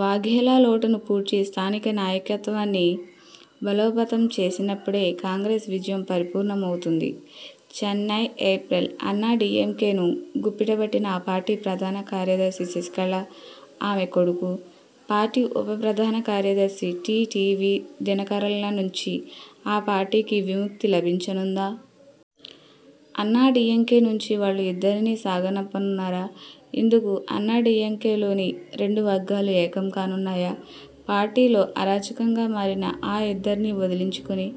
వాఘేలా లోటును పూడ్చి స్థానిక నాయకత్వాన్ని బలోపేతం చేసినప్పుడే కాంగ్రెస్ విజయం పరిపూర్ణమవుతుంది. చెన్నై, ఏప్రిల్: అన్నాడీఎంకేను గుప్పిట పట్టిన ఆ పార్టీ ప్రధాన కార్యదర్శి శశికళ, ఆమె 'కొడుకు', పార్టీ ఉప ప్రధాన కార్యదర్శి టీటీవీ దినకరన్ల నుంచి ఆ పార్టీకి విముక్తి లభించనుందా? అన్నాడీఎంకే నుంచి వాళ్లు ఇద్దరినీ సాగనంపనున్నారా? ఇందుకు అన్నాడీఎంకేలోని రెండు వర్గాలూ ఏకం కానున్నాయా? పార్టీలో అరాచకంగా మారిన ఆ ఇద్దరినీ వదిలించుకుని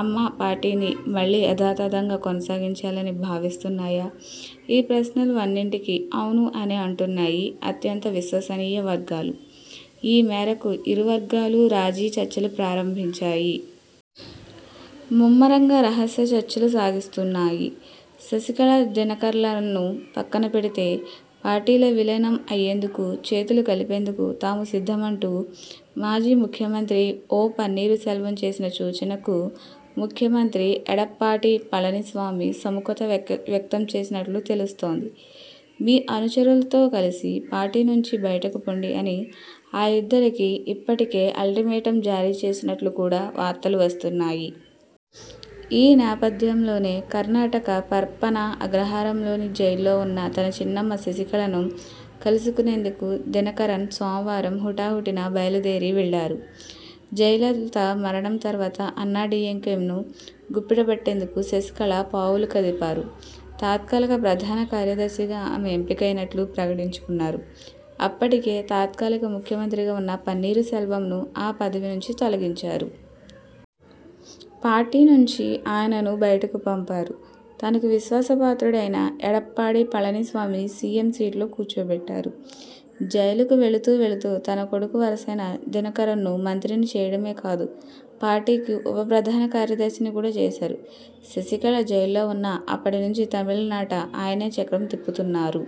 'అమ్మ పార్టీ'ని మళ్లీ యథాతథంగా కొనసాగించాలని భావిస్తున్నాయా? ఈ ప్రశ్నలు అన్నింటికీ 'ఔను' అనే అంటున్నాయి అత్యంత విశ్వసనీయ వర్గాలు. ఈ మేరకు ఇరు వర్గాలూ రాజీ చర్చలు ప్రారంభించాయి. ముమ్మరంగా రహస్య చర్చలు సాగిస్తున్నాయి. శశికళ, దినకరన్లను పక్కన పెడితే పార్టీలో విలీనం అయ్యేందుకు, చేతులు కలిపేందుకు తాము సిద్ధమంటూ మాజీ ముఖ్యమంత్రి ఓ. పన్నీరు సెల్వం చేసిన సూచనకు ముఖ్యమంత్రి ఎడప్పాడి పళని స్వామి సుముఖత వ్యక్తం చేసినట్లు తెలుస్తోంది. 'మీ అనుచరులతో కలిసి పార్టీ నుంచి బయటకు పొండి' అని ఆ ఇద్దరికీ ఇప్పటికే అల్టిమేటం జారీ చేసినట్లు కూడా వార్తలు వస్తున్నాయి. ఈ నేపథ్యంలోనే, కర్ణాటక పరప్పన అగ్రహారంలోని జైల్లో ఉన్న తన చిన్నమ్మ శశికళను కలుసుకునేందుకు దినకరన్ సోమవారం హుటాహుటిన బయలుదేరి వెళ్లారు. జయలలిత మరణం తర్వాత అన్నాడీఎంకేను గుప్పిట పట్టేందుకు శశికళ పావులు కదిపారు. తాత్కాలిక ప్రధాన కార్యదర్శిగా ఆమె ఎంపికైనట్లు ప్రకటించుకున్నారు. అప్పటికే తాత్కాలిక ముఖ్యమంత్రిగా ఉన్న పన్నీరు సెల్వంను ఆ పదవి నుంచి తొలగించారు. పార్టీ నుంచి ఆయనను బయటకు పంపారు. తనకు విశ్వాసపాత్రుడైన ఎడప్పాడి పళని స్వామిని సీఎం సీటులో కూర్చోబెట్టారు. జైలుకు వెళుతూ వెళుతూ తనకు కొడుకు వరసైన దినకరన్ను మంత్రిని చేయడమే కాదు పార్టీకి ఉప ప్రధాన కార్యదర్శిని కూడా చేశారు. శశికళ జైల్లో ఉన్నా అప్పటి నుంచి తమిళనాట ఆయనే చక్రం తిప్పుతున్నారు.